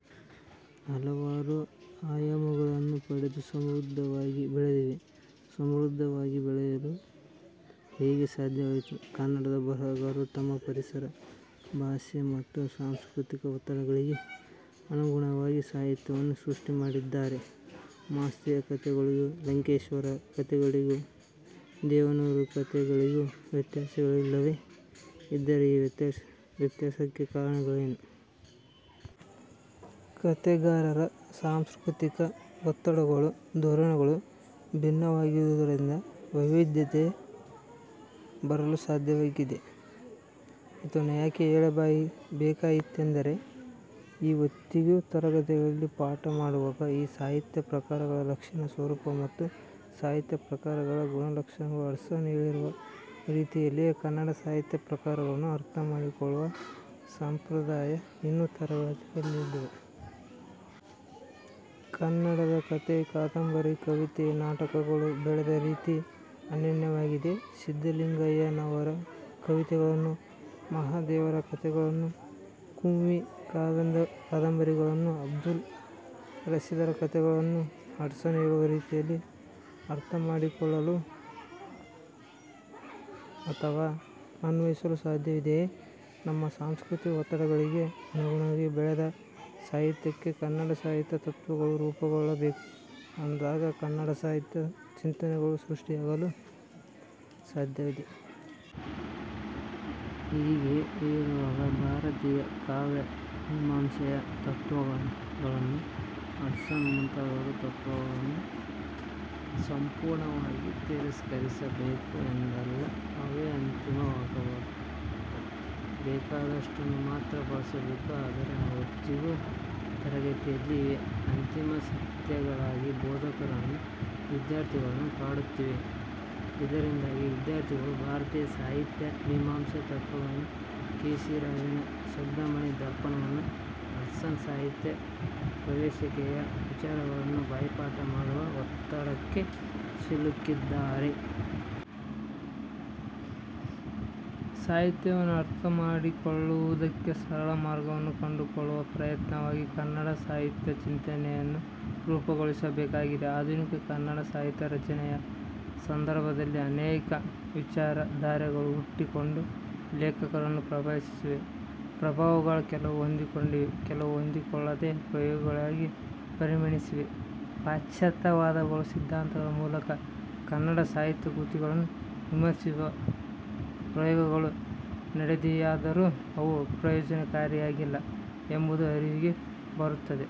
ಹಲವಾರು ಆಯಾಮಗಳನ್ನು ಪಡೆದು ಸಮೃದ್ಧ ವಾಗಿ ಬೆಳೆದಿವೆ. ಸಮೃದ್ಧವಾಗಿ ಬೆಳೆಯಲು ಹೇಗೆ ಸಾಧ್ಯವಾಯಿತು? ಕನ್ನಡದ ಬರಹಗಾರರು ತಮ್ಮ ಪರಿಸರ, ಭಾಷೆ ಮತ್ತು ಸಾಂಸ್ಕೃತಿಕ ಒತ್ತಡಗಳಿಗೆ ಅನುಗುಣವಾಗಿ ಸಾಹಿತ್ಯವನ್ನು ಸೃಷ್ಟಿಮಾಡಿದ್ದಾರೆ. ಮಾಸ್ತಿಯ ಕಥೆಗಳಿಗೂ, ಲಂಕೇಶರ ಕಥೆಗಳಿಗೂ, ದೇವನೂರರ ಕಥೆ ಗಳಿಗೂ ವ್ಯತ್ಯಾಗಳಿಲ್ಲವೇ? ಇದ್ದರೆ ಈ ವ್ಯತ್ಯಾಸಕ್ಕೆ ಕಾರಣಗಳೇನು? ಕಥೆಗಾರರ ಸಾಂಸ್ಕೃತಿಕ ಒತ್ತಡಗಳು, ಧೋರಣೆಗಳು ಭಿನ್ನವಾಗಿರುವುದರಿಂದ ವೈವಿಧ್ಯತೆ ಬರಲು ಸಾಧ್ಯವಾಗಿದೆ. ಇದನ್ನು ಯಾಕೆ ಹೇಳಬೇಕಾಯಿತೆಂದರೆ ಈ ಹೊತ್ತಿಗೂ ತರಗತಿಗಳಲ್ಲಿ ಪಾಠ ಮಾಡುವಾಗ ಈ ಸಾಹಿತ್ಯ ಪ್ರಕಾರಗಳ ಲಕ್ಷಣ, ಸ್ವರೂಪ ಮತ್ತು ಸಾಹಿತ್ಯ ಪ್ರಕಾರಗಳ ಗುಣಲಕ್ಷಣಗಳನ್ನ ಹಡ್ಸನ್ ಹೇಳಿರುವ ರೀತಿಯಲ್ಲಿಯೇ ಕನ್ನಡ ಸಾಹಿತ್ಯದ ಪ್ರಕಾರಗಳನ್ನು ಅರ್ಥಮಾಡಿ ಕೊಳ್ಳುವ ಸಂಪ್ರದಾಯ ಇನ್ನು ತರಗತಿಗಳಲ್ಲಿದೆ. ಕನ್ನಡದ ಕಥೆ, ಕಾದಂಬರಿ, ಕವಿತೆ, ನಾಟಕಗಳು ಬೆಳೆದ ರೀತಿ ಅನನ್ಯವಾಗಿದೆ. ಸಿದ್ಧಲಿಂಗಯ್ಯ ನವರ ಕವಿತೆಗಳನ್ನು, ಮಹಾದೇವರ ಕಥೆಗಳನ್ನು, ಕುಂವೀ ಕಾದಂಬರಿಗಳನ್ನು, ಅಬ್ದುಲ್ ರಶೀದರ ಕಥೆಗಳನ್ನು ಹಡ್ಸನ್ ಹೇಳುವ ರೀತಿಯಲ್ಲಿ ಅರ್ಥಮಾಡಿಕೊಳ್ಳಲು ಅಥವಾ ಅನ್ವಯಿಸಲು ಸಾಧ್ಯವಿದೆಯೇ? ನಮ್ಮ ಸಾಂಸ್ಕೃತಿಕ ಒತ್ತಡಗಳಿಗೆ ಅನುಗುಣವಾಗಿ ಬೆಳೆದ ಸಾಹಿತ್ಯಕ್ಕೆ ಕನ್ನಡ ಸಾಹಿತ್ಯ ತತ್ವಗಳು ರೂಪುಗೊಳ್ಳಬೇಕು ಅಂದಾಗ ಕನ್ನಡ ಸಾಹಿತ್ಯ ಚಿಂತನೆಗಳು ಸೃಷ್ಟಿಯಾಗಲು ಸಾಧ್ಯವಿದೆ. ಹೀಗೆ ಹೇಳುವಾಗ ಭಾರತೀಯ ಕಾವ್ಯ ಮೀಮಾಂಸೆಯ ತತ್ವಗಳನ್ನು, ಹಡ್ಸನ್ ಮುಂತಾ ದವರ ತತ್ವಗಳನ್ನು ಸಂಪೂರ್ಣವಾಗಿ ತಿರಸ್ಕರಿಸಬೇಕು ಎಂದಲ್ಲ. ಅವೇ ಅಂತಿಮ ವಾಗಬಾರದು. ಬೇಕಾದಷ್ಟನ್ನು ಮಾತ್ರ ಬಳಸಬೇಕು. ಆದರೆ ಈ ಹೊತ್ತಿಗೂ ತರಗತಿಯಲ್ಲಿ ಇವೇ ಅಂತಿಮ ಸತ್ಯಗಳಾಗಿ ಬೋಧಕರನ್ನು, ವಿದ್ಯಾರ್ಥಿಗಳನ್ನು ಕಾಡುತ್ತಿವೆ. ಇದರಿಂದಾಗಿ ವಿದ್ಯಾರ್ಥಿಗಳು ಭಾರತೀಯ ಸಾಹಿತ್ಯ ಮೀಮಾಂಸೆಯ ತತ್ವಗಳನ್ನು, ಕೇಶಿರಾಜನ ಶಬ್ದಮಣಿ ದರ್ಪಣವನ್ನು ಹಡ್ಸನ್ನ ಸಾಹಿತ್ಯ ಪ್ರವೇಶಿಕೆಯ ವಿಚಾರಗಳನ್ನು ಬಾಯಿಪಾಠ ಮಾಡುವ ಒತ್ತಡಕ್ಕೆ ಸಿಲುಕಿದ್ದಾರೆ. ಸಾಹಿತ್ಯವನ್ನು ಅರ್ಥಮಾಡಿಕೊಳ್ಳುವುದಕ್ಕೆ ಸರಳ ಮಾರ್ಗಗಳನ್ನು ಕಂಡುಕೊಳ್ಳುವ ಪ್ರಯತ್ನವಾಗಿ ಕನ್ನಡ ಸಾಹಿತ್ಯ ಚಿಂತನೆಯನ್ನು ರೂಪುಗೊಳಿಸಬೇಕಾಗಿದೆ. ಆಧುನಿಕ ಕನ್ನಡ ಸಾಹಿತ್ಯ ರಚನೆಯ ಸಂದರ್ಭದಲ್ಲಿ ಅನೇಕ ವಿಚಾರ ಧಾರೆಗಳು ಹುಟ್ಟಿ ಕೊಂಡು ಲೇಖಕರನ್ನು ಪ್ರಭಾವಿಸಿವೆ. ಪ್ರಭಾವಗಳು ಕೆಲವು ಹೊಂದಿಕೊಂಡಿವೆ. ಕೆಲವು ಹೊಂದಿಕೊಳ್ಳದೇ ಪ್ರಯೋಗಗಳಾಗಿ ಪರಿಣಮಿಸಿವೆ. ಪಾಶ್ಚಾತ್ಯ ವಾದಗಳು, ಸಿದ್ಧಾಂತಗಳ ಮೂಲಕ ಕನ್ನಡ ಸಾಹಿತ್ಯ ಕೃತಿಗಳನ್ನು ವಿಮರ್ಶಿಸುವ ಪ್ರಯೋಗಗಳು ನಡೆದಿವೆಯಾದರೂ ಅವು ಪ್ರಯೋಜನಕಾರಿಯಾಗಿಲ್ಲ ಎಂಬುದು ಅರಿವಿಗೆ ಬರುತ್ತಿದೆ.